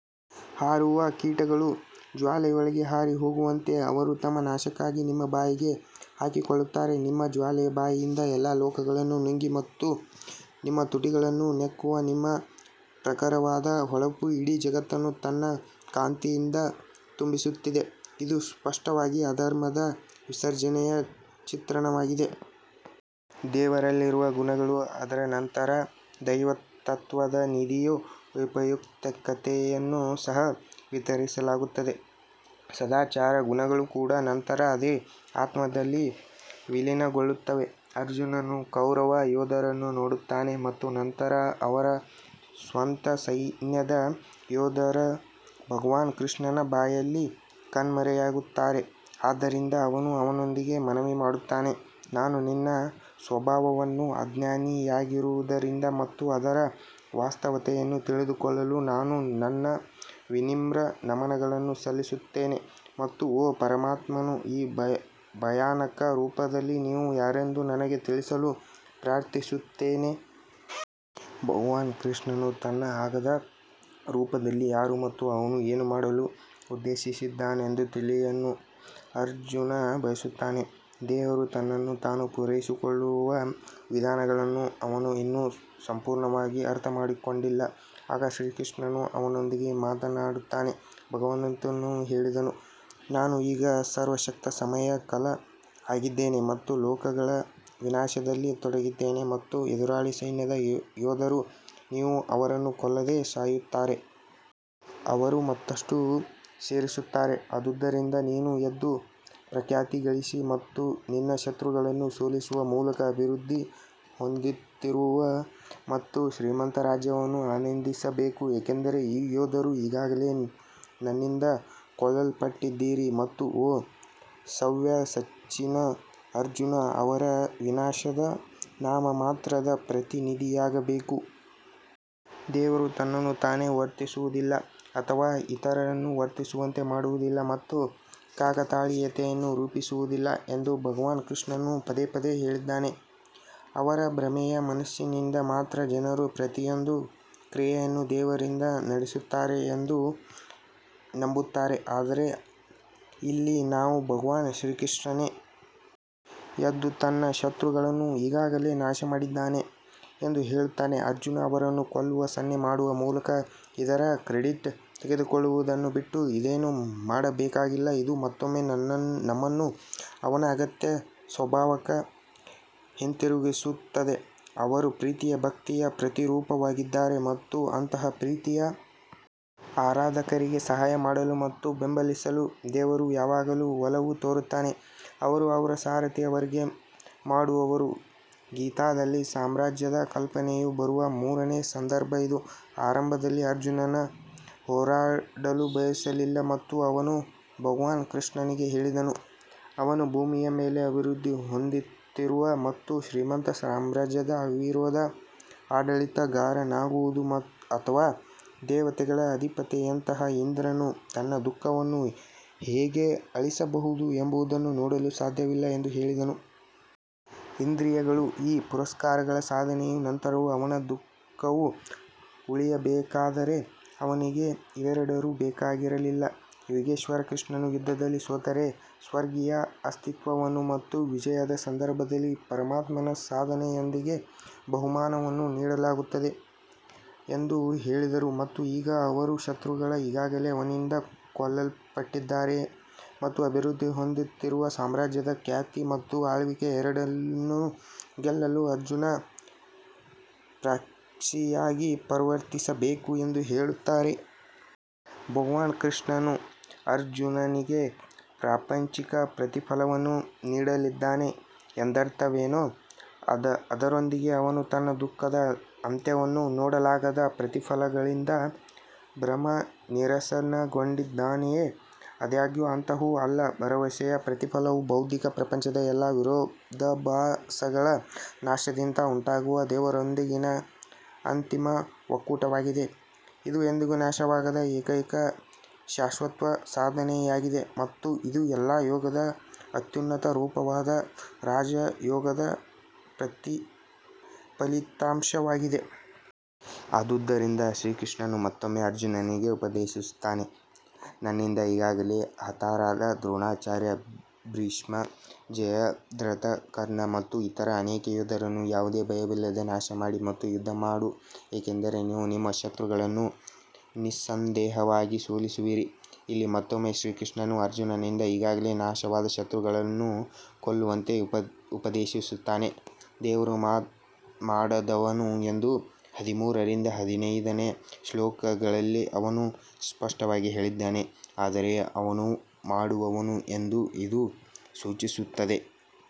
ಹಾರುವ ಕೀಟಗಳು ಜ್ವಾಲೆಯೊಳಗೆ ಹಾರಿಹೋಗುವಂತೆ ಅವರು ತಮ್ಮ ನಾಶಕ್ಕಾಗಿ ನಿಮ್ಮ ಬಾಯಿಗೆ ಹಾಕಿಕೊಳ್ಳುತ್ತಾರೆ ನಿಮ್ಮ ಜ್ವಾಲೆಯ ಬಾಯಿಯಿಂದ ಎಲ್ಲಾ ಲೋಕಗಳನ್ನು ನುಂಗಿ ಮತ್ತು ನಿಮ್ಮ ತುಟಿಗಳನ್ನು ನೆಕ್ಕುವ ನಿಮ್ಮ ಪ್ರಖರವಾದ ಹೊಳಪು ಇಡೀ ಜಗತ್ತನ್ನು ತನ್ನ ಕಾಂತಿಯಿಂದ ತುಂಬಿಸುತ್ತಿದೆ ಇದು ಸ್ಪಷ್ಟವಾಗಿ ಅಧರ್ಮದ ವಿಸರ್ಜನೆಯ ಚಿತ್ರಣವಾಗಿದೆ ದೇವರಲ್ಲಿರುವ ಗುಣಗಳು ಅದರ ನಂತರ ದೈವತ್ವದ ನಿಧಿಯ ಉಪಯುಕ್ತತೆಯನ್ನು ಸಹ ವಿತರಿಸಲಾಗುತ್ತದೆ ಸದಾಚಾರ ಗುಣಗಳು ಕೂಡ ನಂತರ ಅದೇ ಆತ್ಮದಲ್ಲಿ ವಿಲೀನಗೊಳ್ಳುತ್ತವೆ ಅರ್ಜುನನು ಕೌರವ ಯೋಧರನ್ನು ನೋಡುತ್ತಾನೆ ಮತ್ತು ನಂತರ ಅವನ ಸ್ವಂತ ಸೈನ್ಯದ ಯೋಧರು ಭಗವಾನ್ ಕೃಷ್ಣನ ಬಾಯಿಯಲ್ಲಿ ಕಣ್ಮರೆಯಾಗುತ್ತಾರೆ ಆದ್ದರಿಂದ ಅವನು ಅವನೊಂದಿಗೆ ಮನವಿ ಮಾಡುತ್ತಾನೆ ನಾನು ನಿನ್ನ ಸ್ವಭಾವವನ್ನು ಅಜ್ಞಾನಿಯಾಗಿರುವುದರಿಂದ ಮತ್ತು ಅದರ ವಾಸ್ತವತೆಯನ್ನು ತಿಳಿದುಕೊಳ್ಳಲು ನಾನು ನನ್ನ ವಿನಮ್ರ ನಮನಗಳನ್ನು ಸಲ್ಲಿಸುತ್ತೇನೆ ಮತ್ತು ಓ ಪರಮಾತ್ಮನು ಈ ಭಯಾನಕ ರೂಪದಲ್ಲಿ ನೀವು ಯಾರೆಂದು ನನಗೆ ತಿಳಿಸಲು ಪ್ರಾರ್ಥಿಸುತ್ತೇನೆ. ಭಗವಾನ್ ಕೃಷ್ಣನು ತನ್ನ ಅಗಾಧ ರೂಪದಲ್ಲಿ ಯಾರು ಮತ್ತು ಅವನು ಏನು ಮಾಡಲು ಉದ್ದೇಶಿಸಿದ್ದಾನೆಂದು ತಿಳಿಯಲು ಅರ್ಜುನ್ ಬಯಸುತ್ತಾನೆ ದೇವರು ತನ್ನನ್ನು ತಾನು ಪೂರೈಸಿಕೊಳ್ಳುವ ವಿಧಾನಗಳನ್ನು ಅವನು ಇನ್ನೂ ಸಂಪೂರ್ಣವಾಗಿ ಅರ್ಥಮಾಡಿಕೊಂಡಿಲ್ಲ ಆಗ ಶ್ರೀಕೃಷ್ಣನು ಅವನೊಂದಿಗೆ ಮಾತನಾಡುತ್ತಾನೆ ಭಗವಂತನು ಹೇಳಿದನು ನಾನು ಈಗ ಸರ್ವಶಕ್ತ ಸಮಯ ಕಲ್ ಆಗಿದ್ದೇನೆ ಮತ್ತು ಲೋಕಗಳ ವಿನಾಶದಲ್ಲಿ ತೊಡಗಿದ್ದೇನೆ ಮತ್ತು ಎದುರಾಳಿ ಸೈನ್ಯದ ಯೋಧರು ನೀವು ಅವರನ್ನು ಕೊಲ್ಲದೆ ಸಾಯುತ್ತಾರೆ. ಅವರು ಮತ್ತಷ್ಟು ಸೇರಿಸುತ್ತಾರೆ ಆದುದರಿಂದ ನೀನು ಎದ್ದು ಪ್ರಖ್ಯಾತಿ ಗಳಿಸಿ ಮತ್ತು ನಿನ್ನ ಶತ್ರುಗಳನ್ನು ಸೋಲಿಸುವ ಮೂಲಕ ಅಭಿವೃದ್ಧಿ ಹೊಂದುತ್ತಿರುವ ಮತ್ತು ಶ್ರೀಮಂತ ರಾಜ್ಯವನ್ನು ಆನಂದಿಸಬೇಕು ಏಕೆಂದರೆ ಈ ಯೋಧರು ಈಗಾಗಲೇ ನನ್ನಿಂದ ಕೊಲ್ಲಲ್ಪಟ್ಟಿದ್ದೀರಿ ಮತ್ತು ಓ ಸವ್ಯಸಚಿನ್ ಅರ್ಜುನ್ ಅವರ ವಿನಾಶದ ನಾಮಮಾತ್ರದ ಪ್ರತಿನಿಧಿಯಾಗಬೇಕು. ದೇವರು ತನ್ನನ್ನು ತಾನೇ ವರ್ತಿಸುವುದಿಲ್ಲ ಅಥವಾ ಇತರರನ್ನು ವರ್ತಿಸುವಂತೆ ಮಾಡುವುದಿಲ್ಲ ಮತ್ತು ಕಾಕತಾಳೀಯತೆಯನ್ನು ರೂಪಿಸುವುದಿಲ್ಲ ಎಂದು ಭಗವಾನ್ ಕೃಷ್ಣನು ಪದೇ ಪದೇ ಹೇಳಿದ್ದಾನೆ. ಅವರ ಭ್ರಮೆಯ ಮನಸ್ಸಿನಿಂದ ಮಾತ್ರ ಜನರು ಪ್ರತಿಯೊಂದು ಕ್ರಿಯೆಯನ್ನು ದೇವರಿಂದ ನಡೆಸುತ್ತಾರೆ ಎಂದು ನಂಬುತ್ತಾರೆ ಆದರೆ ಇಲ್ಲಿ ನಾವು ಭಗವಾನ್ ಶ್ರೀಕೃಷ್ಣನೇ ಎದ್ದು ತನ್ನ ಶತ್ರುಗಳನ್ನು ಈಗಾಗಲೇ ನಾಶಮಾಡಿದ್ದಾನೆ ಎಂದು ಹೇಳುತ್ತಾನೆ ಅರ್ಜುನ್ ಅವರನ್ನು ಕೊಲ್ಲುವ ಸನ್ನೆ ಮಾಡುವ ಮೂಲಕ ಇದರ ಕ್ರೆಡಿಟ್ ತೆಗೆದುಕೊಳ್ಳುವುದನ್ನು ಬಿಟ್ಟು ಇನ್ನೇನೂ ಮಾಡಬೇಕಾಗಿಲ್ಲ ಇದು ಮತ್ತೊಮ್ಮೆ ನಮ್ಮನ್ನು ಅವನ ಅಗತ್ಯ ಸ್ವಭಾವಕ್ಕೆ ಹಿಂತಿರುಗಿಸುತ್ತದೆ ಅವರು ಪ್ರೀತಿಯ ಭಕ್ತಿಯ ಪ್ರತಿರೂಪವಾಗಿದ್ದಾರೆ ಮತ್ತು ಅಂತಹ ಪ್ರೀತಿಯ ಆರಾಧಕರಿಗೆ ಸಹಾಯ ಮಾಡಲು ಮತ್ತು ಬೆಂಬಲಿಸಲು ದೇವರು ಯಾವಾಗಲೂ ಒಲವು ತೋರುತ್ತಾನೆ ಅವರು ಅವರ ಸಾರಥಿ ಅವರಿಗೆ ಮಾಡುವವರು ಗೀತಾದಲ್ಲಿ ಸಾಮ್ರಾಜ್ಯದ ಕಲ್ಪನೆಯು ಬರುವ ಮೂರನೇ ಸಂದರ್ಭ ಇದು ಆರಂಭದಲ್ಲಿ ಅರ್ಜುನನು ಹೋರಾಡಲು ಬಯಸಲಿಲ್ಲ ಮತ್ತು ಅವನು ಭಗವಾನ್ ಕೃಷ್ಣನಿಗೆ ಹೇಳಿದನು ಅವನು ಭೂಮಿಯ ಮೇಲೆ ಅಭಿವೃದ್ಧಿ ಹೊಂದುತ್ತಿರುವ ಮತ್ತು ಶ್ರೀಮಂತ ಸಾಮ್ರಾಜ್ಯದ ಅವಿರೋಧ ಆಡಳಿತಗಾರನಾಗುವುದು ಅಥವಾ ದೇವತೆಗಳ ಅಧಿಪತಿಯಂತಹ ಇಂದ್ರನು ತನ್ನ ದುಃಖವನ್ನು ಹೇಗೆ ಅಳಿಸಬಹುದು ಎಂಬುದನ್ನು ನೋಡಲು ಸಾಧ್ಯವಿಲ್ಲ ಎಂದು ಹೇಳಿದನು. ಇಂದ್ರಿಯಗಳು ಈ ಪುರಸ್ಕಾರಗಳ ಸಾಧನೆಯ ನಂತರವೂ ಅವನ ದುಃಖವು ಉಳಿಯಬೇಕಾದರೆ ಅವನಿಗೆ ಇವೆರಡೂ ಬೇಕಾಗಿರಲಿಲ್ಲ ಯೋಗೇಶ್ವರ್ ಕೃಷ್ಣನು ಯುದ್ಧದಲ್ಲಿ ಸೋತರೆ ಸ್ವರ್ಗೀಯ ಅಸ್ತಿತ್ವವನ್ನು ಮತ್ತು ವಿಜಯದ ಸಂದರ್ಭದಲ್ಲಿ ಪರಮಾತ್ಮನ ಸಾಧನೆಯೊಂದಿಗೆ ಬಹುಮಾನವನ್ನು ನೀಡಲಾಗುವುದು ಎಂದು ಹೇಳಿದರು. ಮತ್ತು ಈಗ ಅವರು ಶತ್ರುಗಳು ಈಗಾಗಲೇ ಅವನಿಂದ ಕೊಲ್ಲಲ್ಪಟ್ಟಿದ್ದಾರೆ ಮತ್ತು ಅಭಿವೃದ್ಧಿ ಹೊಂದುತ್ತಿರುವ ಸಾಮ್ರಾಜ್ಯದ ಖ್ಯಾತಿ ಮತ್ತು ಆಳ್ವಿಕೆ ಎರಡನ್ನೂ ಗೆಲ್ಲಲು ಅರ್ಜುನ್ ಪ್ರಾಕ್ಸಿಯಾಗಿ ವರ್ತಿಸಬೇಕು ಎಂದು ಹೇಳುತ್ತಾರೆ. ಭಗವಾನ್ ಕೃಷ್ಣನು ಅರ್ಜುನನಿಗೆ ಪ್ರಾಪಂಚಿಕ ಪ್ರತಿಫಲವನ್ನು ನೀಡಲಿದ್ದಾನೆ ಎಂದರ್ಥವೇನೋ ಅದರೊಂದಿಗೆ ಅವನು ತನ್ನ ದುಃಖದ ಅಂತ್ಯವನ್ನು ನೋಡಲಾಗದ ಪ್ರತಿಫಲಗಳಿಂದ ಭ್ರಮನಿರಸನಗೊಂಡಿದ್ದಾನೆಯೇ? ಆದಾಗ್ಯೂ ಅಂತಹವು ಅಲ್ಲ ಭರವಸೆಯ ಪ್ರತಿಫಲವು ಭೌತಿಕ ಪ್ರಪಂಚದ ಎಲ್ಲಾ ವಿರೋಧಾಭಾಸಗಳ ನಾಶದಿಂದ ಉಂಟಾಗುವ ದೇವರೊಂದಿಗಿನ ಅಂತಿಮ ಒಕ್ಕೂಟವಾಗಿದೆ. ಇದು ಎಂದಿಗೂ ನಾಶವಾಗದ ಏಕೈಕ ಶಾಶ್ವತ ಸಾಧನೆಯಾಗಿದೆ ಮತ್ತು ಇದು ಎಲ್ಲಾ ಯೋಗದ ಅತ್ಯುನ್ನತ ರೂಪವಾದ ರಾಜ ಯೋಗದ ಫಲಿತಾಂಶವಾಗಿದೆ. ಆದುದರಿಂದ ಶ್ರೀಕೃಷ್ಣನು ಮತ್ತೊಮ್ಮೆ ಅರ್ಜುನನಿಗೆ ಉಪದೇಶಿಸುತ್ತಾನೆ ನನ್ನಿಂದ ಈಗಾಗಲೇ ಹತರಾದ ದ್ರೋಣಾಚಾರ್ಯ ಭೀಷ್ಮ ಜಯದ್ರಥ ಕರ್ಣ ಮತ್ತು ಇತರ ಅನೇಕ ಯೋಧರನ್ನು ಯಾವುದೇ ಭಯವಿಲ್ಲದೆ ನಾಶಮಾಡಿ ಮತ್ತು ಯುದ್ಧ ಮಾಡು ಏಕೆಂದರೆ ನೀವು ನಿಮ್ಮ ಶತ್ರುಗಳನ್ನು ನಿಸ್ಸಂದೇಹವಾಗಿ ಸೋಲಿಸುವಿರಿ. ಇಲ್ಲಿ ಮತ್ತೊಮ್ಮೆ ಶ್ರೀಕೃಷ್ಣನು ಅರ್ಜುನನಿಂದ ಈಗಾಗಲೇ ನಾಶವಾದ ಶತ್ರುಗಳನ್ನು ಕೊಲ್ಲುವಂತೆ ಉಪದೇಶಿಸುತ್ತಾನೆ ದೇವರು ಮಾಡದವನು ಎಂದು ಹದಿಮೂರರಿಂದ ಹದಿನೈದನೇ ಶ್ಲೋಕಗಳಲ್ಲಿ ಅವನು ಸ್ಪಷ್ಟವಾಗಿ ಹೇಳಿದ್ದಾನೆ ಆದರೆ ಅವನು ಮಾಡುವವನು ಎಂದು ಇದು ಸೂಚಿಸುತ್ತದೆ.